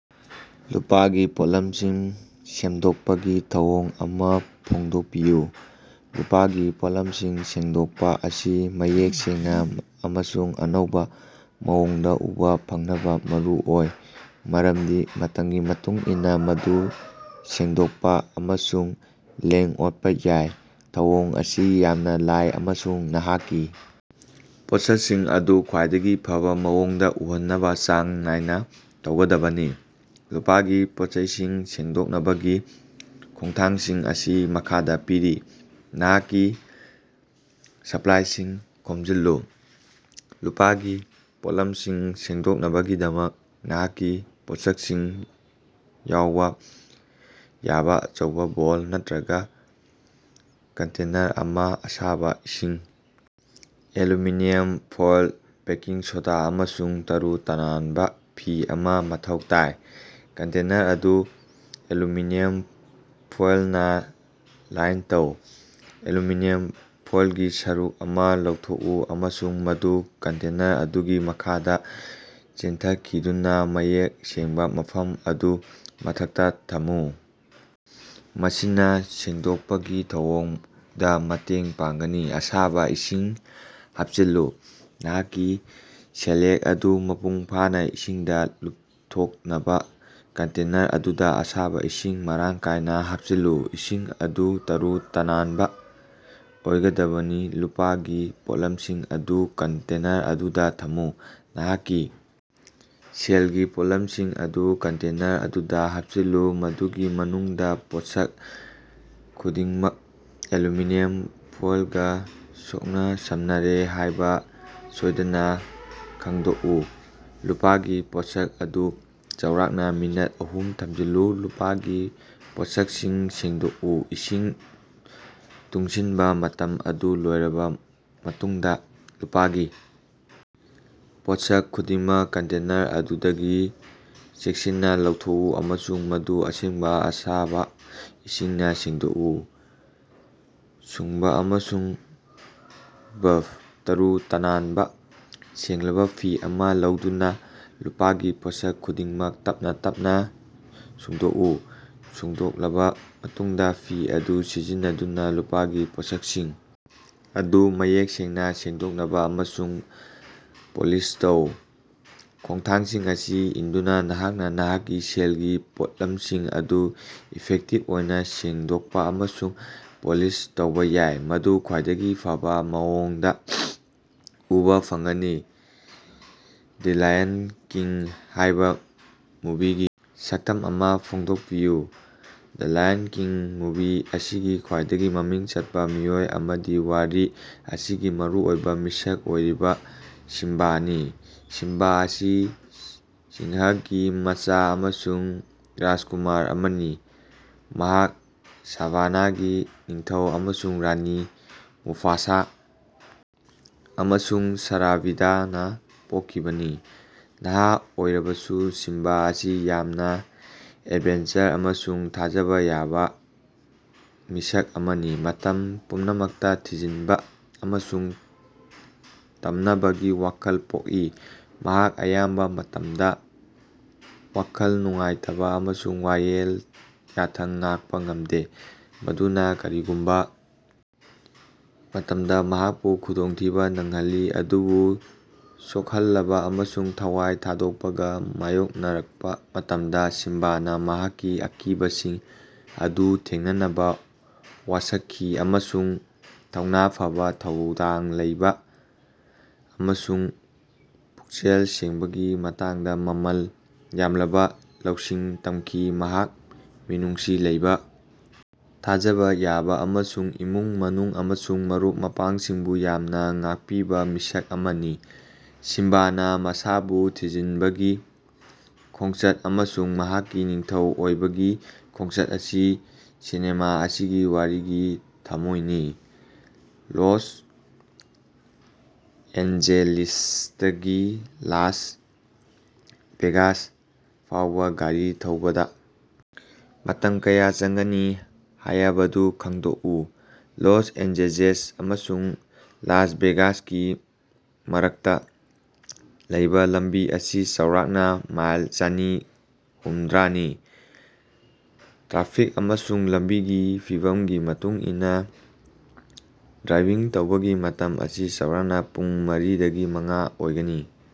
ꯂꯨꯄꯥꯒꯤ ꯄꯣꯠꯂꯝꯁꯤꯡ ꯁꯦꯡꯗꯣꯛꯄꯒꯤ ꯊꯧꯑꯣꯡ ꯑꯃꯥ ꯐꯣꯡꯗꯣꯛꯄꯤꯌꯨ꯫ ꯂꯨꯄꯥꯒꯤ ꯄꯣꯠꯂꯝꯁꯤꯡ ꯁꯦꯡꯗꯣꯛꯄ ꯑꯁꯤ ꯃꯌꯦꯛ ꯁꯦꯡꯅ ꯑꯃꯁꯨꯡ ꯑꯅꯧꯕ ꯃꯑꯣꯡꯗ ꯎꯕ ꯐꯪꯅꯕ ꯃꯔꯨꯑꯣꯏ, ꯃꯔꯝꯗꯤ ꯃꯇꯝꯒꯤ ꯃꯇꯨꯡ ꯏꯟꯅ ꯃꯗꯨ ꯁꯦꯡꯗꯣꯛꯄ ꯑꯃꯁꯨꯡ ꯂꯦꯡ-ꯑꯣꯠꯄ ꯌꯥꯏ꯫ ꯊꯧꯑꯣꯡ ꯑꯁꯤ ꯌꯥꯝꯅ ꯂꯥꯏ ꯑꯃꯁꯨꯡ ꯅꯍꯥꯛꯀꯤ ꯄꯣꯠꯁꯛꯁꯤꯡ ꯑꯗꯨ ꯈ꯭ꯋꯥꯏꯗꯒꯤ ꯐꯕ ꯃꯑꯣꯡꯗ ꯎꯍꯟꯅꯕ ꯆꯥꯡ ꯅꯥꯏꯅ ꯇꯧꯒꯗꯕꯅꯤ꯫ ꯂꯨꯄꯥꯒꯤ ꯄꯣꯠꯆꯩꯁꯤꯡ ꯁꯦꯡꯗꯣꯛꯅꯕꯒꯤ ꯈꯣꯡꯊꯥꯡꯁꯤꯡ ꯑꯁꯤ ꯃꯈꯥꯗ ꯄꯤꯔꯤ: ꯅꯍꯥꯛꯀꯤ ꯁꯄ꯭ꯂꯥꯏꯁꯤꯡ ꯈꯣꯝꯖꯤꯜꯂꯨ: ꯂꯨꯄꯥꯒꯤ ꯄꯣꯠꯂꯝꯁꯤꯡ ꯁꯦꯡꯗꯣꯛꯅꯕꯒꯤꯗꯃꯛ ꯅꯍꯥꯛꯀꯤ ꯄꯣꯠꯁꯛꯁꯤꯡ ꯌꯥꯎꯕ ꯌꯥꯕ ꯑꯆꯧꯕ ꯕꯣꯜ ꯅꯠꯇ꯭ꯔꯒ ꯀꯟꯇꯦꯅꯔ ꯑꯃ, ꯑꯁꯥꯕ ꯏꯁꯤꯡ, ꯑꯦꯂꯨꯃꯤꯅꯤꯌꯝ ꯐꯣꯏꯜ, ꯕꯦꯀꯤꯡ ꯁꯣꯗꯥ ꯑꯃꯁꯨꯡ ꯇꯔꯨ-ꯇꯅꯥꯟꯕ ꯐꯤ ꯑꯃ ꯃꯊꯧ ꯇꯥꯏ꯫ ꯀꯟꯇꯦꯅꯔ ꯑꯗꯨ ꯑꯦꯂꯨꯃꯤꯅꯤꯌꯝ ꯐꯣꯏꯜꯅ ꯂꯥꯏꯟ ꯇꯧ: ꯑꯦꯂꯨꯃꯤꯅꯤꯌꯝ ꯐꯣꯏꯜꯒꯤ ꯁꯔꯨꯛ ꯑꯃ ꯂꯧꯊꯣꯛꯎ ꯑꯃꯁꯨꯡ ꯃꯗꯨ ꯀꯟꯇꯦꯅꯔ ꯑꯗꯨꯒꯤ ꯃꯈꯥꯗ ꯆꯦꯟꯊꯈꯤꯗꯨꯅ ꯃꯌꯦꯛ ꯁꯦꯡꯕ ꯃꯐꯝ ꯑꯗꯨ ꯃꯊꯛꯇ ꯊꯝꯃꯨ꯫ ꯃꯁꯤꯅ ꯁꯦꯡꯗꯣꯛꯄꯒꯤ ꯊꯧꯑꯣꯡꯗ ꯃꯇꯦꯡ ꯄꯥꯡꯒꯅꯤ꯫ ꯑꯁꯥꯕ ꯏꯁꯤꯡ ꯍꯥꯞꯆꯤꯜꯂꯨ: ꯅꯍꯥꯛꯀꯤ ꯁꯦꯜꯌꯦꯛ ꯑꯗꯨ ꯃꯄꯨꯡꯐꯥꯅ ꯏꯁꯤꯡꯗ ꯂꯨꯞꯊꯣꯛꯅꯕ ꯀꯟꯇꯦꯅꯔ ꯑꯗꯨꯗ ꯑꯁꯥꯕ ꯏꯁꯤꯡ ꯃꯔꯥꯡ ꯀꯥꯏꯅ ꯍꯥꯞꯆꯤꯜꯂꯨ꯫ ꯏꯁꯤꯡ ꯑꯗꯨ ꯇꯔꯨ-ꯇꯅꯥꯟꯕ ꯑꯣꯏꯒꯗꯕꯅꯤ ꯫ ꯂꯨꯄꯥꯒꯤ ꯄꯣꯠꯂꯝꯁꯤꯡ ꯑꯗꯨ ꯀꯟꯇꯦꯅꯔ ꯑꯗꯨꯗ ꯊꯝꯃꯨ: ꯅꯍꯥꯛꯀꯤ ꯁꯦꯜꯒꯤ ꯄꯣꯠꯂꯝꯁꯤꯡ ꯑꯗꯨ ꯀꯟꯇꯦꯅꯔ ꯑꯗꯨꯗ ꯍꯥꯞꯆꯤꯜꯂꯨ, ꯃꯗꯨꯒꯤ ꯃꯅꯨꯡꯗ ꯄꯣꯠꯁꯛ ꯈꯨꯗꯤꯡꯃꯛ ꯑꯦꯂꯨꯃꯤꯅꯤꯌꯝ ꯐꯣꯏꯜꯒ ꯁꯣꯛꯅ-ꯁꯝꯅꯔꯦ ꯍꯥꯏꯕ ꯁꯣꯏꯗꯅ ꯈꯪꯗꯣꯛꯎ꯫ ꯂꯨꯄꯥꯒꯤ ꯄꯣꯠꯁꯛ ꯑꯗꯨ ꯆꯥꯎꯔꯥꯛꯅ ꯃꯤꯅꯠ ꯑꯍꯨꯝ ꯊꯝꯖꯤꯜꯂꯨ꯫ ꯂꯨꯄꯥꯒꯤ ꯄꯣꯠꯁꯛꯁꯤꯡ ꯁꯦꯡꯗꯣꯛꯎ: ꯏꯁꯤꯡ ꯇꯨꯡꯁꯤꯟꯕ ꯃꯇꯝ ꯑꯗꯨ ꯂꯣꯏꯔꯕ ꯃꯇꯨꯡꯗ ꯂꯨꯄꯥꯒꯤ ꯄꯣꯠꯁꯛ ꯈꯨꯗꯤꯡꯃꯛ ꯀꯟꯇꯦꯅꯔ ꯑꯗꯨꯗꯒꯤ ꯆꯦꯛꯁꯤꯟꯅ ꯂꯧꯊꯣꯛꯎ ꯑꯃꯁꯨꯡ ꯃꯗꯨ ꯑꯁꯦꯡꯕ ꯑꯁꯥꯕ ꯏꯁꯤꯡꯅ ꯁꯦꯡꯗꯣꯛꯎ꯫ ꯁꯨꯡꯕ ꯑꯃꯁꯨꯡ ꯕꯐ: ꯇꯔꯨ-ꯇꯅꯥꯟꯕ, ꯁꯦꯡꯂꯕꯥ ꯐꯤ ꯑꯃ ꯂꯧꯗꯨꯅ ꯂꯨꯄꯥꯒꯤ ꯄꯣꯠꯁꯛ ꯈꯨꯗꯤꯡꯃꯛ ꯇꯞꯅ ꯇꯞꯅ ꯁꯨꯡꯗꯣꯛꯎ꯫ ꯁꯨꯡꯗꯣꯛꯂꯕ ꯃꯇꯨꯡꯗ ꯐꯤ ꯑꯗꯨ ꯁꯤꯖꯤꯟꯅꯗꯨꯅ ꯂꯨꯄꯥꯒꯤ ꯄꯣꯠꯁꯛꯁꯤꯡ ꯑꯗꯨ ꯃꯌꯦꯛ ꯁꯦꯡꯅ ꯁꯦꯡꯗꯣꯛꯅꯕ ꯑꯃꯁꯨꯡ ꯄꯣꯂꯤꯁ ꯇꯧ꯫ ꯈꯣꯡꯊꯥꯡꯁꯤꯡ ꯑꯁꯤ ꯏꯟꯗꯨꯅ ꯅꯍꯥꯛꯅ ꯅꯍꯥꯛꯀꯤ ꯁꯦꯜꯒꯤ ꯄꯣꯠꯂꯝꯁꯤꯡ ꯑꯗꯨ ꯏꯐꯦꯛꯇꯤꯚ ꯑꯣꯏꯅ ꯁꯦꯡꯗꯣꯛꯄ ꯑꯃꯁꯨꯡ ꯄꯣꯂꯤꯁ ꯇꯧꯕ ꯌꯥꯏ꯫ ꯃꯗꯨ ꯈ꯭ꯋꯥꯏꯗꯒꯤ ꯐꯕ ꯃꯑꯣꯡꯗ ꯎꯕ ꯐꯪꯒꯅꯤ꯫ "ꯗꯤ ꯂꯥꯌꯟ ꯀꯤꯡ" ꯍꯥꯏꯕ ꯃꯨꯚꯤꯒꯤ ꯁꯛꯇꯝ ꯑꯃ ꯐꯣꯡꯗꯣꯛꯄꯤꯌꯨ꯫ ꯗ ꯂꯥꯌꯟ ꯀꯤꯡ ꯃꯨꯚꯤ ꯑꯁꯤꯒꯤ ꯈ꯭ꯋꯥꯏꯗꯒꯤ ꯃꯃꯤꯡ ꯆꯠꯄ ꯃꯤꯑꯣꯏ ꯑꯃꯗꯤ ꯋꯥꯔꯤ ꯑꯁꯤꯒꯤ ꯃꯔꯨ ꯑꯣꯏꯕ ꯃꯤꯁꯛ ꯑꯣꯏꯔꯤꯕ ꯁꯤꯝꯕꯥꯅꯤ꯫ ꯁꯤꯝꯕꯥ ꯑꯁꯤ ꯁꯤꯡꯍꯒꯤ ꯃꯆꯥ ꯑꯃꯁꯨꯡ ꯔꯥꯖꯀꯨꯃꯥꯔ ꯑꯃꯅꯤ꯫ ꯃꯍꯥꯛ ꯁꯥꯚꯥꯅꯥꯒꯤ ꯅꯤꯡꯊꯧ ꯑꯃꯁꯨꯡ ꯔꯥꯅꯤ, ꯃꯨꯐꯥꯁꯥ ꯑꯃꯁꯨꯡ ꯁꯥꯔꯥꯕꯤꯗꯅ ꯄꯣꯛꯈꯤꯕꯅꯤ꯫ ꯅꯍꯥ ꯑꯣꯏꯔꯕꯁꯨ, ꯁꯤꯝꯕꯥ ꯑꯁꯤ ꯌꯥꯝꯅ ꯑꯦꯗꯚꯦꯟꯆꯔ ꯑꯃꯁꯨꯡ ꯊꯥꯖꯕ ꯌꯥꯕ ꯃꯤꯁꯛ ꯑꯃꯅꯤ꯫ ꯃꯇꯝ ꯄꯨꯝꯅꯃꯛꯇ ꯊꯤꯖꯤꯟꯕ ꯑꯃꯁꯨꯡ ꯇꯝꯅꯕꯒꯤ ꯋꯥꯈꯜ ꯄꯣꯛꯏ꯫ ꯃꯍꯥꯛ ꯑꯌꯥꯝꯕ ꯃꯇꯝꯗ ꯋꯥꯈꯜ ꯅꯨꯡꯉꯥꯏꯇꯕ ꯑꯃꯁꯨꯡ ꯋꯥꯌꯦꯜ ꯌꯥꯊꯪ ꯉꯥꯛꯄ ꯉꯝꯗꯦ꯫ ꯃꯗꯨꯅ ꯀꯔꯤꯒꯨꯝꯕ ꯃꯇꯝꯗ ꯃꯍꯥꯛꯄꯨ ꯈꯨꯗꯣꯡꯊꯤꯕ ꯅꯪꯍꯜꯂꯤ꯫ ꯑꯗꯨꯕꯨ ꯁꯣꯛꯍꯜꯂꯕ ꯑꯃꯁꯨꯡ ꯊꯋꯥꯏ ꯊꯥꯗꯣꯛꯄꯒ ꯃꯥꯌꯣꯛꯅꯔꯛꯄ ꯃꯇꯝꯗ ꯁꯤꯝꯕꯥꯅ ꯃꯍꯥꯛꯀꯤ ꯑꯀꯤꯕꯁꯤꯡ ꯑꯗꯨ ꯊꯦꯡꯅꯅꯕ ꯋꯥꯁꯛꯈꯤ ꯑꯃꯁꯨꯡ ꯊꯧꯅꯥ ꯐꯕ, ꯊꯧꯗꯥꯡ ꯂꯧꯕ ꯑꯃꯁꯨꯡ ꯄꯨꯛꯆꯦꯜ ꯁꯦꯡꯕꯒꯤ ꯃꯇꯥꯡꯗ ꯃꯃꯜ ꯌꯥꯝꯂꯕ ꯂꯧꯁꯤꯡ ꯇꯝꯈꯤ꯫ ꯃꯍꯥꯛ ꯃꯤꯅꯨꯡꯁꯤ ꯂꯩꯕ, ꯊꯥꯖꯕ ꯌꯥꯕ ꯑꯃꯁꯨꯡ ꯏꯃꯨꯡ ꯃꯅꯨꯡ ꯑꯃꯁꯨꯡ ꯃꯔꯨꯞ ꯃꯄꯥꯡꯁꯤꯡꯕꯨ ꯌꯥꯝꯅ ꯉꯥꯛꯄꯤꯕ ꯃꯤꯁꯛ ꯑꯃꯅꯤ꯫ ꯁꯤꯝꯕꯥꯅ ꯃꯁꯥꯕꯨ ꯊꯤꯖꯤꯟꯕꯒꯤ ꯈꯣꯡꯆꯠ ꯑꯃꯁꯨꯡ ꯃꯍꯥꯛꯀꯤ ꯅꯤꯡꯊꯧ ꯑꯣꯏꯕꯒꯤ ꯈꯣꯡꯆꯠ ꯑꯁꯤ ꯁꯤꯅꯦꯃꯥ ꯑꯁꯤꯒꯤ ꯋꯥꯔꯤꯒꯤ ꯊꯃꯣꯏꯅꯤ꯫ ꯂꯣꯁ ꯑꯦꯟꯖꯦꯂꯤꯁꯇꯒꯤ ꯂꯥꯁ ꯚꯦꯒꯥꯁ ꯐꯥꯎꯕ ꯒꯥꯔꯤ ꯊꯧꯕꯗ ꯃꯇꯝ ꯀꯌꯥ ꯆꯪꯒꯅꯤ ꯍꯥꯌꯕꯗꯨ ꯈꯪꯗꯣꯛꯎ꯫ ꯂꯣꯁ ꯑꯦꯟꯖꯦꯖꯦꯁ ꯑꯃꯁꯨꯡ ꯂꯥꯁ ꯚꯦꯒꯥꯁꯀꯤ ꯃꯔꯛꯇ ꯂꯩꯕ ꯂꯝꯕꯤ ꯑꯁꯤ ꯆꯥꯎꯔꯥꯛꯅ ꯃꯥꯏꯜ ꯆꯅꯤ ꯍꯨꯝꯗ꯭ꯔꯥꯅꯤ꯫ ꯇ꯭ꯔꯥꯐꯤꯛ ꯑꯃꯁꯨꯡ ꯂꯝꯕꯤꯒꯤ ꯐꯤꯚꯝꯒꯤ ꯃꯇꯨꯡ ꯏꯟꯅ ꯗ꯭ꯔꯥꯏꯚꯤꯡ ꯇꯧꯕꯒꯤ ꯃꯇꯝ ꯑꯁꯤ ꯆꯥꯎꯔꯥꯛꯅ ꯄꯨꯡ ꯃꯔꯤꯗꯒꯤ ꯃꯉꯥ ꯑꯣꯏꯒꯅꯤ꯫